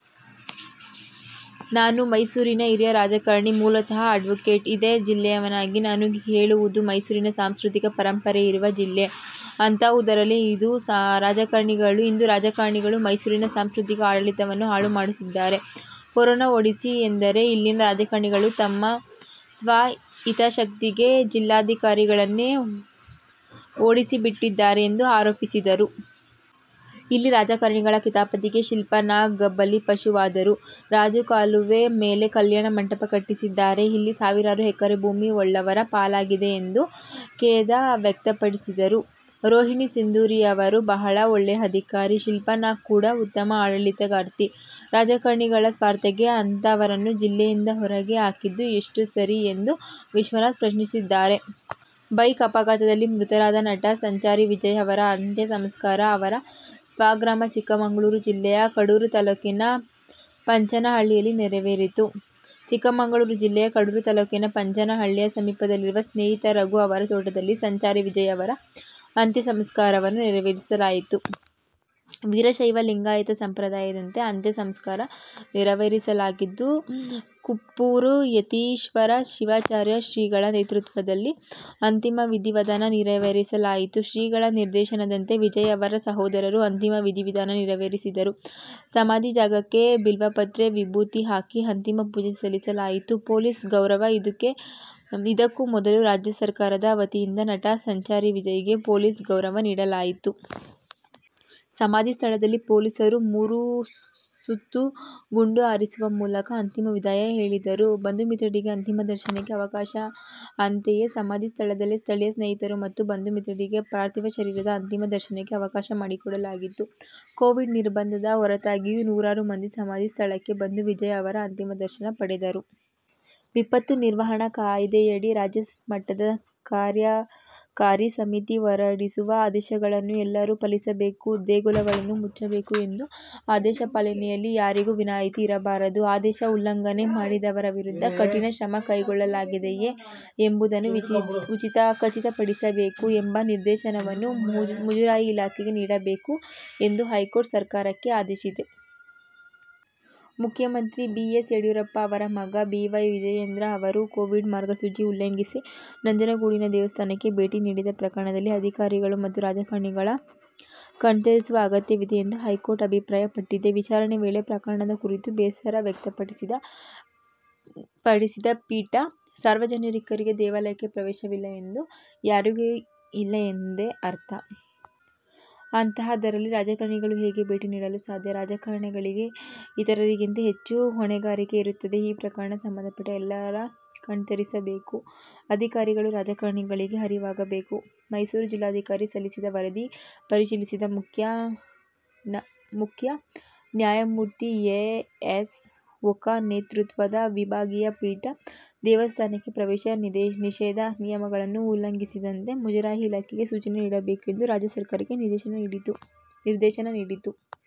ನಾನು ಮೈಸೂರಿನ ಹಿರಿಯ ರಾಜಕಾರಣಿ, ಮೂಲತಃ ಅಡ್ವೊಕೇಟ್, ಇದೇ ಜಿಲ್ಲೆಯವನಾಗಿ ನಾನು ಹೇಳುವುದು ಮೈಸೂರು ಸಾಂಸ್ಕೃತಿಕ, ಪರಂಪರೆ ಇರುವ ಜಿಲ್ಲೆ. ಅಂತಹುದರಲ್ಲಿ ಇಂದು ರಾಜಕಾರಣಿಗಳು ಮೈಸೂರಿನ ಸಾಂಸ್ಕೃತಿಕ ಆಡಳಿತವನ್ನು ಹಾಳು ಮಾಡುತ್ತಿದ್ದಾರೆ. ಕೊರೋನಾ ಓಡಿಸಿ ಎಂದರೆ ಇಲ್ಲಿನ ರಾಜಕಾರಣಿಗಳು ತಮ್ಮ ಸ್ವ ಹಿತಾಸಕ್ತಿಗೆ ಜಿಲ್ಲಾಧಿಕಾರಿಗಳನ್ನೇ ಓಡಿಸಿಬಿಟ್ಟಿದ್ದಾರೆ ಎಂದು ಆರೋಪಿಸಿದರು. ಇಲ್ಲಿ ರಾಜಕಾರಣಿಗಳ ಕಿತಾಪತಿಗೆ ಶಿಲ್ಪಾ ನಾಗ್ ಬಲಿಪಶುವಾದರು. ರಾಜಕಾಲುವೆ ಮೇಲೆ ಕಲ್ಯಾಣ ಮಂಟಪ ಕಟ್ಟಿಸಿದ್ದಾರೆ, ಇಲ್ಲಿ ಸಾವಿರಾರು ಎಕರೆ ಭೂಮಿ ಉಳ್ಳವರ ಪಾಲಾಗಿದೆ ಎಂದು ಖೇದ ವ್ಯಕ್ತಪಡಿಸಿದರು. ರೋಹಿಣಿ ಸಿಂಧೂರಿಯವರು ಬಹಳ ಒಳ್ಳೆಯ ಅಧಿಕಾರಿ, ಶಿಲ್ಪಾ ನಾಗ್ ಕೂಡ ಉತ್ತಮ ಆಡಳಿತಗಾರ್ತಿ, ರಾಜಕಾರಣಿಗಳ ಸ್ವಾರ್ಥಕ್ಕೆ ಅಂತವರನ್ನು ಜಿಲ್ಲೆಯಿಂದ ಹೊರಗೆ ಹಾಕಿದ್ದು ಎಷ್ಟು ಸರಿ ಎಂದು ವಿಶ್ವನಾಥ್ ಪ್ರಶ್ನಿಸಿದ್ದಾರೆ. ಬೈಕ್ ಅಪಘಾತದಲ್ಲಿ ಮೃತರಾದ ನಟ ಸಂಚಾರಿ ವಿಜಯ್ ಅವರ ಅಂತ್ಯ ಸಂಸ್ಕಾರ ಅವರ ಸ್ವಗ್ರಾಮ ಚಿಕ್ಕಮಗಳೂರು ಜಿಲ್ಲೆಯ ಕಡೂರು ತಾಲ್ಲೂಕಿನ ಪಂಚನಹಳ್ಳಿಯಲ್ಲಿ ನೆರವೇರಿತು. ಚಿಕ್ಕಮಗಳೂರು ಜಿಲ್ಲೆಯ ಕಡೂರು ತಾಲ್ಲೂಕಿನ ಪಂಚನಹಳ್ಳಿಯ ಸಮೀಪದಲ್ಲಿರುವ ಸ್ನೇಹಿತ ರಘು ಅವರ ತೋಟದಲ್ಲಿ ಸಂಚಾರಿ ವಿಜಯ್ ಅವರ ಅಂತ್ಯ ಸಂಸ್ಕಾರವನ್ನು ನೆರವೇರಿಸಲಾಯಿತು. ವೀರಶೈವ ಲಿಂಗಾಯತ ಸಂಪ್ರದಾಯದಂತೆ ಅಂತ್ಯ ಸಂಸ್ಕಾರ ನೆರವೇರಿಸಲಾಗಿದ್ದು, ಕುಪ್ಪೂರು ಯತೀಶ್ವರ ಶಿವಾಚಾರ್ಯ ಶ್ರೀಗಳ ನೇತೃತ್ವದಲ್ಲಿ ಅಂತಿಮ ವಿಧಿವಿಧಾನ ನೆರವೇರಿಸಲಾಯಿತು. ಶ್ರೀಗಳ ನಿರ್ದೇಶನದಂತೆ ವಿಜಯ್ ಅವರ ಸಹೋದರರು ಅಂತಿಮ ವಿಧಿ ವಿಧಾನ ನೆರವೇರಿಸಿದರು. ಸಮಾಧಿ ಜಾಗಕ್ಕೆ ಬಿಲ್ವಪತ್ರೆ ವಿಭೂತಿ ಹಾಕಿ ಅಂತಿಮ ಪೂಜೆ ಸಲ್ಲಿಸಲಾಯಿತು. ಪೊಲೀಸ್ ಗೌರವ ಇದಕ್ಕೂ ಮೊದಲು ರಾಜ್ಯ ಸರ್ಕಾರದ ವತಿಯಿಂದ ನಟ ಸಂಚಾರಿ ವಿಜಯ್ ಗೆ ಪೊಲೀಸ್ ಗೌರವ ನೀಡಲಾಯಿತು. ಸಮಾಧಿ ಸ್ಥಳದಲ್ಲಿ ಪೊಲೀಸರು ಮೂರು ಸುತ್ತು ಗುಂಡು ಹಾರಿಸುವ ಮೂಲಕ ಅಂತಿಮ ವಿದಾಯ ಹೇಳಿದರು. ಬಂಧುಮಿತ್ರರಿಗೆ ಅಂತಿಮ ದರ್ಶನಕ್ಕೆ ಅವಕಾಶ ಅಂತೆಯೇ ಸಮಾಧಿ ಸ್ಥಳದಲ್ಲೇ ಸ್ಥಳೀಯ ಸ್ನೇಹಿತರು ಮತ್ತು ಬಂಧು ಮಿತ್ರರಿಗೆ ಪಾರ್ಥೀವ ಶರೀರದ ಅಂತಿಮ ದರ್ಶನಕ್ಕೆ ಅವಕಾಶ ಮಾಡಿಕೊಡಲಾಗಿತ್ತು. ಕೋವಿಡ್ ನಿರ್ಬಂಧದ ಹೊರತಾಗಿಯೂ ನೂರಾರು ಮಂದಿ ಸಮಾಧಿ ಸ್ಥಳಕ್ಕೆ ಬಂದು ವಿಜಯ್ ಅವರ ಅಂತಿಮ ದರ್ಶನ ಪಡೆದರು. ವಿಪತ್ತು ನಿರ್ವಹಣಾ ಕಾಯ್ದೆಯಡಿ ರಾಜ್ಯ ಮಟ್ಟದ ಕಾರ್ಯಕಾರಿ ಸಮಿತಿ ಹೊರಡಿಸುವ ಆದೇಶಗಳನ್ನು ಎಲ್ಲರೂ ಪಾಲಿಸಬೇಕು. ದೇಗುಲಗಳನ್ನು ಮುಚ್ಚಬೇಕು ಎಂಬ ಆದೇಶ ಪಾಲನೆಯಲ್ಲಿ ಯಾರಿಗೂ ವಿನಾಯಿತಿ ಇರಬಾರದು, ಆದೇಶ ಉಲ್ಲಂಘನೆ ಮಾಡಿದವರ ವಿರುದ್ಧ ಕಠಿಣ ಕ್ರಮ ಕೈಗೊಳ್ಳಲಾಗಿದೆಯೇ ಎಂಬುದನ್ನು ಖಚಿತಪಡಿಸಬೇಕು ಎಂಬ ನಿರ್ದೇಶನವನ್ನು ಮುಜರಾಯಿ ಇಲಾಖೆಗೆ ನೀಡಬೇಕು' ಎಂದು ಹೈಕೋರ್ಟ್ ಸರ್ಕಾರಕ್ಕೆ ಆದೇಶಿಸಿದೆ.. ಮುಖ್ಯಮಂತ್ರಿ ಬಿ. ಎಸ್. ಯಡಿಯೂರಪ್ಪ ಅವರ ಮಗ ಬಿ. ವೈ. ವಿಜಯೇಂದ್ರ ಅವರು ಕೋವಿಡ್ ಮಾರ್ಗಸೂಚಿ ಉಲ್ಲಂಘಿಸಿ ನಂಜನಗೂಡಿನ ದೇವಸ್ಥಾನಕ್ಕೆ ಭೇಟಿ ನೀಡಿದ್ದ ಪ್ರಕರಣದಲ್ಲಿ ಅಧಿಕಾರಿಗಳು ಮತ್ತು ರಾಜಕಾರಣಿಗಳ ಕಣ್ತೆರೆಸುವ ಅಗತ್ಯವಿದೆ ಎಂದು ಹೈಕೋರ್ಟ್ ಅಭಿಪ್ರಾಯಪಟ್ಟಿದೆ. ವಿಚಾರಣೆ ವೇಳೆ ಪ್ರಕರಣದ ಕುರಿತು ಬೇಸರ ವ್ಯಕ್ತಪಡಿಸಿದ ಪೀಠ, ಸಾರ್ವಜನಿಕರಿಗೆ ದೇವಾಲಯಕ್ಕೆ ಪ್ರವೇಶವಿಲ್ಲ ಎಂದರೆ ಯಾರಿಗೂ ಇಲ್ಲ ಎಂದೇ ಅರ್ಥ. ಅಂತಹದ್ದರಲ್ಲಿ ರಾಜಕಾರಣಿಗಳು ಹೇಗೆ ಭೇಟಿ ನೀಡಲು ಸಾಧ್ಯ. ರಾಜಕಾರಣಿಗಳಿಗೆ ಇತರರಿಗಿಂತ ಹೆಚ್ಚು ಹೊಣೆಗಾರಿಕೆಯಿರುತ್ತದೆ. ಈ ಪ್ರಕರಣ ಸಂಬಂಧಪಟ್ಟ ಎಲ್ಲರ ಕಣ್ತೆರೆಸಬೇಕು. ಅಧಿಕಾರಿಗಳು, ರಾಜಕಾರಣಿಗಳಿಗೆ ಅರಿವಾಗಬೇಕು. ಮೈಸೂರು ಜಿಲ್ಲಾಧಿಕಾರಿ ಸಲ್ಲಿಸಿದ್ದ ವರದಿ ಪರಿಶೀಲಿಸಿದ ಮುಖ್ಯ ನ್ಯಾಯಮೂರ್ತಿ ಎ. ಎಸ್. ಓಕಾ ನೇತೃತ್ವದ ವಿಭಾಗೀಯ ಪೀಠ, ದೇವಸ್ಥಾನಕ್ಕೆ ಪ್ರವೇಶ ನಿಷೇಧ ನಿಯಮಗಳನ್ನು ಉಲ್ಲಂಘಿಸದಂತೆ ಮುಜರಾಯಿ ಇಲಾಖೆಗೆ ಸೂಚನೆ ನೀಡಬೇಕು' ಎಂದು ರಾಜ್ಯ ಸರ್ಕಾರಕ್ಕೆ ನಿರ್ದೇಶನ ನೀಡಿತು.